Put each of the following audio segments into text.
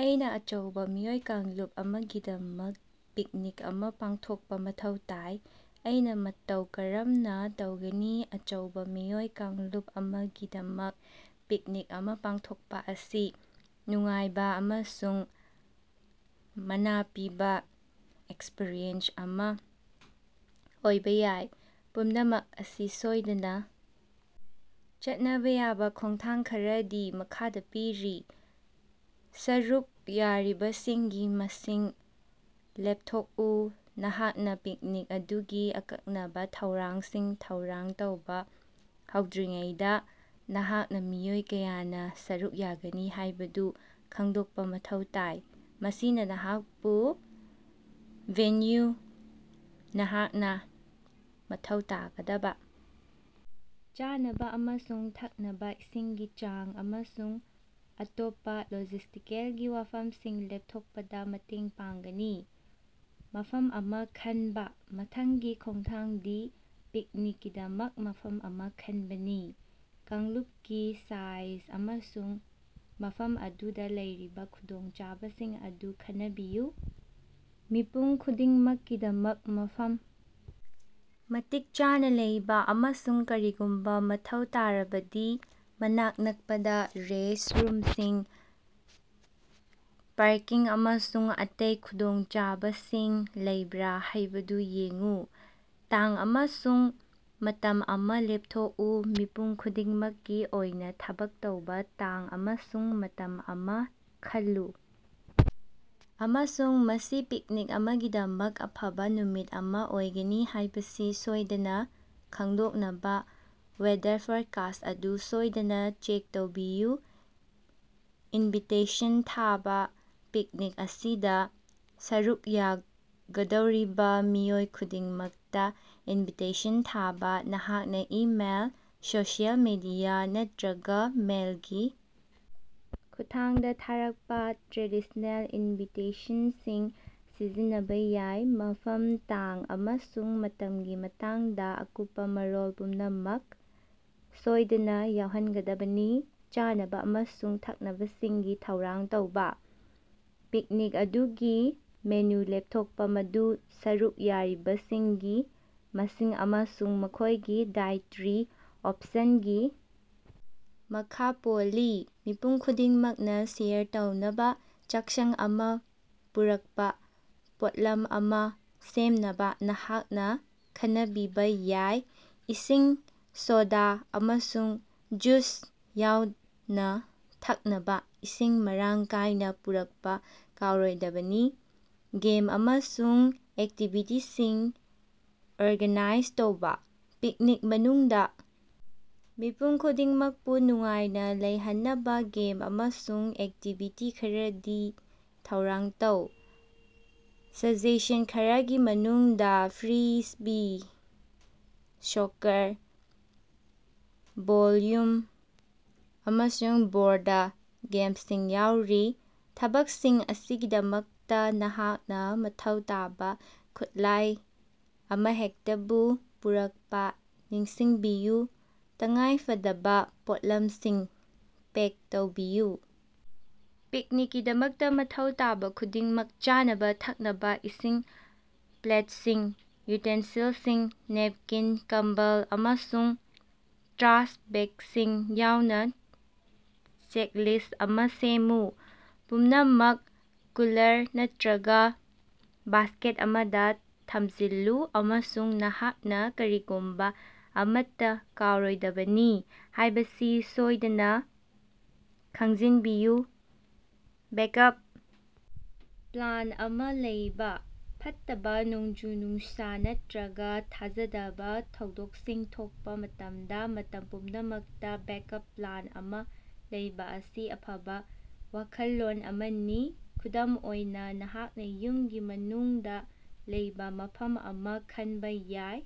ꯑꯩꯅꯥ ꯑꯆꯧꯕꯥ ꯃꯤꯑꯣꯏ ꯀꯥꯡꯂꯨꯞ ꯑꯃꯒꯤꯗꯃꯛ ꯄꯤꯛꯅꯤꯛ ꯑꯃꯥ ꯄꯥꯡꯊꯣꯛꯄꯥ ꯃꯊꯧ ꯇꯥꯏ꯫ ꯑꯩꯅꯥ ꯃꯇꯧ ꯀꯔꯝꯅꯥ ꯇꯧꯒꯅꯤ? ꯑꯆꯧꯕꯥ ꯃꯤꯑꯣꯏ ꯀꯥꯡꯂꯨꯞ ꯑꯃꯒꯤꯗꯃꯛ ꯄꯤꯛꯅꯤꯛ ꯑꯃꯥ ꯄꯥꯡꯊꯣꯛꯄꯥ ꯑꯁꯤ ꯅꯨꯡꯉꯥꯏꯕꯥ ꯑꯃꯁꯨꯡ ꯃꯅꯥ ꯄꯤꯕꯥ ꯑꯦꯛꯁꯄ꯭ꯔꯤꯌꯦꯟꯁ ꯑꯃꯥ ꯑꯣꯏꯕꯥ ꯌꯥꯏ꯫ ꯄꯨꯝꯅꯃꯛ ꯑꯁꯤ ꯁꯣꯏꯗꯅꯥ ꯆꯠꯅꯕꯥ ꯌꯥꯕꯥ ꯈꯣꯡꯊꯥꯡ ꯈꯔꯗꯤ ꯃꯈꯥꯗꯥ ꯄꯤꯔꯤ: ꯁꯔꯨꯛ ꯌꯥꯔꯤꯕꯁꯤꯡꯒꯤ ꯃꯁꯤꯡ ꯂꯦꯞꯊꯣꯛꯎ: ꯅꯍꯥꯛꯅꯥ ꯄꯤꯛꯅꯤꯛ ꯑꯗꯨꯒꯤ ꯑꯀꯛꯅꯕꯥ ꯊꯧꯔꯥꯡꯁꯤꯡ ꯊꯧꯔꯥꯡ ꯇꯧꯕꯥ ꯍꯧꯗ꯭ꯔꯤꯉꯩꯗꯥ, ꯅꯍꯥꯛꯅꯥ ꯃꯤꯑꯣꯏ ꯀꯌꯥꯅꯥ ꯁꯔꯨꯛ ꯌꯥꯒꯅꯤ ꯍꯥꯏꯕꯗꯨ ꯈꯪꯗꯣꯛꯄꯥ ꯃꯊꯧ ꯇꯥꯏ꯫ ꯃꯁꯤꯅꯥ ꯅꯍꯥꯛꯄꯨ ꯚꯦꯟꯌꯨ, ꯅꯍꯥꯛꯅꯥ ꯃꯊꯧ ꯇꯥꯒꯗꯕꯥ ꯆꯥꯅꯕꯥ ꯑꯃꯁꯨꯡ ꯊꯛꯅꯕꯥ ꯏꯁꯤꯡꯒꯤ ꯆꯥꯡ, ꯑꯃꯁꯨꯡ ꯑꯇꯣꯞꯄꯥ ꯂꯣꯖꯤꯁꯇꯤꯀꯦꯜꯒꯤ ꯋꯥꯐꯝꯁꯤꯡ ꯂꯦꯞꯊꯣꯛꯄꯗꯥ ꯃꯇꯦꯡ ꯄꯥꯡꯒꯅꯤ꯫ ꯃꯐꯝ ꯑꯃꯥ ꯈꯟꯕꯥ: ꯃꯊꯪꯒꯤ ꯈꯣꯡꯊꯥꯡꯗꯤ ꯄꯤꯛꯅꯤꯛꯀꯤꯗꯃꯛ ꯃꯐꯝ ꯑꯃꯥ ꯈꯟꯕꯅꯤ꯫ ꯀꯥꯡꯂꯨꯞꯀꯤ ꯁꯥꯏꯖ ꯑꯃꯁꯨꯡ ꯃꯐꯝ ꯑꯗꯨꯗꯥ ꯂꯩꯔꯤꯕꯥ ꯈꯨꯗꯣꯡꯆꯥꯕꯁꯤꯡ ꯑꯗꯨ ꯈꯟꯅꯕꯤꯌꯨ꯫ ꯃꯤꯄꯨꯝ ꯈꯨꯗꯤꯡꯃꯛꯀꯤꯗꯃꯛ ꯃꯐꯝ ꯃꯇꯤꯛ ꯆꯥꯅꯥ ꯂꯩꯕꯥ, ꯑꯃꯁꯨꯡ ꯀꯔꯤꯒꯨꯝꯕꯥ ꯃꯊꯧ ꯇꯥꯔꯕꯗꯤ ꯃꯅꯥꯛ ꯅꯛꯄꯗꯥ ꯔꯦꯁ ꯔꯨꯝꯁꯤꯡ, ꯄꯥꯔꯀꯤꯡ ꯑꯃꯁꯨꯡ ꯑꯇꯩ ꯈꯨꯗꯣꯡꯆꯥꯕꯁꯤꯡ ꯂꯩꯕ꯭ꯔꯥ ꯍꯥꯏꯕꯗꯨ ꯌꯦꯡꯎ꯫ ꯇꯥꯡ ꯑꯃꯁꯨꯡ ꯃꯇꯝ ꯑꯃꯥ ꯂꯦꯞꯊꯣꯛꯎ: ꯃꯤꯄꯨꯝ ꯈꯨꯗꯤꯡꯃꯛꯀꯤ ꯑꯣꯏꯅꯥ ꯊꯕꯛ ꯇꯧꯕꯥ ꯇꯥꯡ ꯑꯃꯁꯨꯡ ꯃꯇꯝ ꯑꯃꯥ ꯈꯜꯂꯨ, ꯑꯃꯁꯨꯡ ꯃꯁꯤ ꯄꯤꯛꯅꯤꯛ ꯑꯃꯒꯤꯗꯃꯛ ꯑꯐꯕꯥ ꯅꯨꯃꯤꯠ ꯑꯃꯥ ꯑꯣꯏꯒꯅꯤ ꯍꯥꯏꯕꯁꯤ ꯁꯣꯏꯗꯅꯥ ꯈꯪꯗꯣꯛꯅꯕꯥ ꯋꯦꯗꯔ ꯐꯣꯔꯀꯥꯁ ꯑꯗꯨ ꯁꯣꯏꯗꯅꯥ ꯆꯦꯛ ꯇꯧꯕꯤꯌꯨ꯫ ꯏꯟꯚꯤꯇꯦꯁꯟ ꯊꯥꯕꯥ: ꯄꯤꯛꯅꯤꯛ ꯑꯁꯤꯗꯥ ꯁꯔꯨꯛ ꯌꯥꯒꯗꯧꯔꯤꯕꯥ ꯃꯤꯑꯣꯏ ꯈꯨꯗꯤꯡꯃꯛꯇꯥ ꯏꯟꯚꯤꯇꯦꯁꯟ ꯊꯥꯕꯥ꯫ ꯅꯍꯥꯛꯅꯥ ꯏꯃꯦꯜ, ꯁꯣꯁꯤꯑꯦꯜ ꯃꯦꯗꯤꯌꯥ, ꯅꯠꯇ꯭ꯔꯒꯥ ꯃꯦꯜꯒꯤ ꯈꯨꯠꯊꯥꯡꯗꯥ ꯊꯥꯔꯛꯄꯥ ꯇ꯭ꯔꯦꯗꯤꯁꯅꯦꯜ ꯏꯟꯚꯤꯇꯦꯁꯟꯁꯤꯡ ꯁꯤꯖꯤꯟꯅꯕꯥ ꯌꯥꯏ꯫ ꯃꯐꯝ, ꯇꯥꯡ ꯑꯃꯁꯨꯡ ꯃꯇꯝꯒꯤ ꯃꯇꯥꯡꯗꯥ ꯑꯀꯨꯞꯄꯥ ꯃꯔꯣꯜ ꯄꯨꯝꯅꯃꯛ ꯁꯣꯏꯗꯅꯥ ꯌꯥꯎꯍꯟꯒꯗꯕꯅꯤ꯫ ꯆꯥꯅꯕꯥ ꯑꯃꯁꯨꯡ ꯊꯛꯅꯕꯁꯤꯡꯒꯤ ꯊꯧꯔꯥꯡ ꯇꯧꯕꯥ: ꯄꯤꯛꯅꯤꯛ ꯑꯗꯨꯒꯤ ꯃꯦꯅꯨ ꯂꯦꯞꯊꯣꯛꯄꯥ, ꯃꯗꯨ ꯁꯔꯨꯛ ꯌꯥꯔꯤꯕꯁꯤꯡꯒꯤ ꯃꯁꯤꯡ ꯑꯃꯁꯨꯡ ꯃꯈꯣꯏꯒꯤ ꯗꯥꯏꯠꯇꯔꯤ ꯑꫭꯞꯁꯟꯒꯤ ꯃꯈꯥ ꯄꯣꯜꯂꯤ꯫ ꯃꯤꯄꯨꯝ ꯈꯨꯗꯤꯡꯃꯛꯅꯥ ꯁꯦꯌꯔ ꯇꯧꯅꯕꯥ ꯆꯥꯛꯁꯪ ꯑꯃꯥ ꯄꯨꯔꯛꯄꯥ ꯄꯣꯠꯂꯝ ꯑꯃꯥ ꯁꯦꯝꯅꯕꯥ ꯅꯍꯥꯛꯅꯥ ꯈꯟꯅꯕꯤꯕꯥ ꯌꯥꯏ꯫ ꯏꯁꯤꯡ, ꯁꯣꯗꯥ ꯑꯃꯁꯨꯡ ꯖꯨꯁ ꯌꯥꯎꯅꯥ ꯊꯛꯅꯕꯥ ꯏꯁꯤꯡ ꯃꯔꯥꯡ ꯀꯥꯏꯅꯥ ꯄꯨꯔꯛꯄꯥ ꯀꯥꯎꯔꯣꯏꯗꯕꯅꯤ꯫ ꯒꯦꯝ ꯑꯃꯁꯨꯡ ꯑꯦꯛꯇꯤꯚꯤꯇꯤꯁꯤꯡ ꯑꯣꯔꯒꯥꯅꯥꯏꯖ ꯇꯧꯕꯥ: ꯄꯤꯛꯅꯤꯛ ꯃꯅꯨꯡꯗꯥ ꯃꯤꯄꯨꯝ ꯈꯨꯗꯤꯡꯃꯛꯄꯨ ꯅꯨꯡꯉꯥꯏꯅꯥ ꯂꯩꯍꯟꯅꯕꯥ ꯒꯦꯝ ꯑꯃꯁꯨꯡ ꯑꯦꯛꯇꯤꯚꯤꯇꯤ ꯈꯔꯗꯤ ꯊꯧꯔꯥꯡ ꯇꯧ꯫ ꯁꯖꯦꯁꯟ ꯈꯔꯒꯤ ꯃꯅꯨꯡꯗꯥ ꯐ꯭ꯔꯤꯁꯕꯤ, ꯁꯣꯀꯔ, ꯚꯣꯜꯌꯨꯝ, ꯑꯃꯁꯨꯡ ꯕꯣꯔꯗ ꯒꯦꯝꯁꯤꯡ ꯌꯥꯎꯔꯤ꯫ ꯊꯕꯛꯁꯤꯡ ꯑꯁꯤꯒꯤꯗꯃꯛꯇꯥ ꯅꯍꯥꯛꯅꯥ ꯃꯊꯧ ꯇꯥꯕꯥ ꯈꯨꯠꯂꯥꯏ ꯑꯃꯍꯦꯛꯇꯕꯨ ꯄꯨꯔꯛꯄꯥ ꯅꯤꯡꯁꯤꯡꯕꯤꯌꯨ꯫ ꯇꯉꯥꯏꯐꯗꯕꯥ ꯄꯣꯠꯂꯝꯁꯤꯡ ꯄꯦꯛ ꯇꯧꯕꯤꯌꯨ: ꯄꯤꯛꯅꯤꯛꯀꯤꯗꯃꯛꯇꯥ ꯃꯊꯧ ꯇꯥꯕꯥ ꯈꯨꯗꯤꯡꯃꯛ, ꯆꯥꯅꯕꯥ, ꯊꯛꯅꯕꯥ ꯏꯁꯤꯡ, ꯄ꯭ꯂꯦꯠꯁꯤꯡ, ꯌꯨꯇꯦꯟꯁꯤꯜꯁꯤꯡ, ꯅꯦꯞꯀꯤꯟ, ꯀꯝꯕꯜ, ꯑꯃꯁꯨꯡ ꯇ꯭ꯔꯥꯁ ꯕꯦꯒꯁꯤꯡ ꯌꯥꯎꯅꯥ ꯆꯦꯛꯂꯤꯁ꯭ꯠ ꯑꯃꯥ ꯁꯦꯝꯃꯨ꯫ ꯄꯨꯝꯅꯃꯛ ꯀꯨꯂꯔ ꯅꯠꯇ꯭ꯔꯒꯥ ꯕꯥꯁꯀꯦꯠ ꯑꯃꯗꯥ ꯊꯝꯖꯤꯜꯂꯨ ꯑꯃꯁꯨꯡ ꯅꯍꯥꯛꯅꯥ ꯀꯔꯤꯒꯨꯝꯕꯥ ꯑꯃꯠꯇꯥ ꯀꯥꯎꯔꯣꯏꯗꯕꯅꯤ ꯍꯥꯏꯕꯁꯤ ꯁꯣꯏꯗꯅꯥ ꯈꯪꯖꯤꯟꯕꯤꯌꯨ꯫ ꯕꯦꯛꯑꯞ ꯄ꯭ꯂꯥꯟ ꯑꯃꯥ ꯂꯩꯕꯥ: ꯐꯠꯇꯕꯥ ꯅꯣꯡꯖꯨ-ꯅꯨꯡꯁꯥ ꯅꯠꯇ꯭ꯔꯒꯥ ꯊꯥꯖꯗꯕꯥ ꯊꯧꯗꯣꯛꯁꯤꯡ ꯊꯣꯛꯄꯥ ꯃꯇꯝꯗꯥ, ꯃꯇꯝ ꯄꯨꯝꯅꯃꯛꯇꯥ ꯕꯦꯛꯑꯞ ꯄ꯭ꯂꯥꯟ ꯑꯃꯥ ꯂꯩꯕꯥ ꯑꯁꯤ ꯑꯐꯕꯥ ꯋꯥꯈꯜꯂꯣꯟ ꯑꯃꯅꯤ꯫ ꯈꯨꯗꯝ ꯑꯣꯏꯅꯥ, ꯅꯍꯥꯛꯅꯥ ꯌꯨꯝꯒꯤ ꯃꯅꯨꯡꯗꯥ ꯂꯩꯕꯥ ꯃꯐꯝ ꯑꯃꯥ ꯈꯟꯕꯥ ꯌꯥꯏ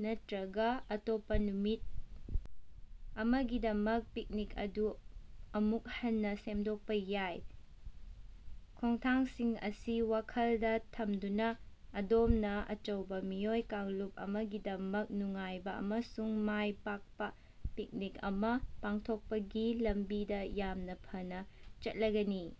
ꯅꯠꯇ꯭ꯔꯒꯥ ꯑꯇꯣꯞꯄꯥ ꯅꯨꯃꯤꯠ ꯑꯃꯒꯤꯗꯃꯛ ꯄꯤꯛꯅꯤꯛ ꯑꯗꯨ ꯑꯃꯨꯛ ꯍꯟꯅꯥ ꯁꯦꯝꯗꯣꯛꯄꯥ ꯌꯥꯏ꯫ ꯈꯣꯡꯊꯥꯡꯁꯤꯡ ꯑꯁꯤ ꯋꯥꯈꯜꯗꯥ ꯊꯝꯗꯨꯅꯥ, ꯑꯗꯣꯝꯅꯥ ꯑꯆꯧꯕꯥ ꯃꯤꯑꯣꯏ ꯀꯥꯡꯂꯨꯞ ꯑꯃꯒꯤꯗꯃꯛ ꯅꯨꯡꯉꯥꯏꯕꯥ ꯑꯃꯁꯨꯡ ꯃꯥꯏ ꯄꯥꯛꯄꯥ ꯄꯤꯛꯅꯤꯛ ꯑꯃꯥ ꯄꯥꯡꯊꯣꯛꯄꯒꯤ ꯂꯝꯕꯤꯗꯥ ꯌꯥꯝꯅꯥ ꯐꯅꯥ ꯆꯠꯂꯒꯅꯤ꯫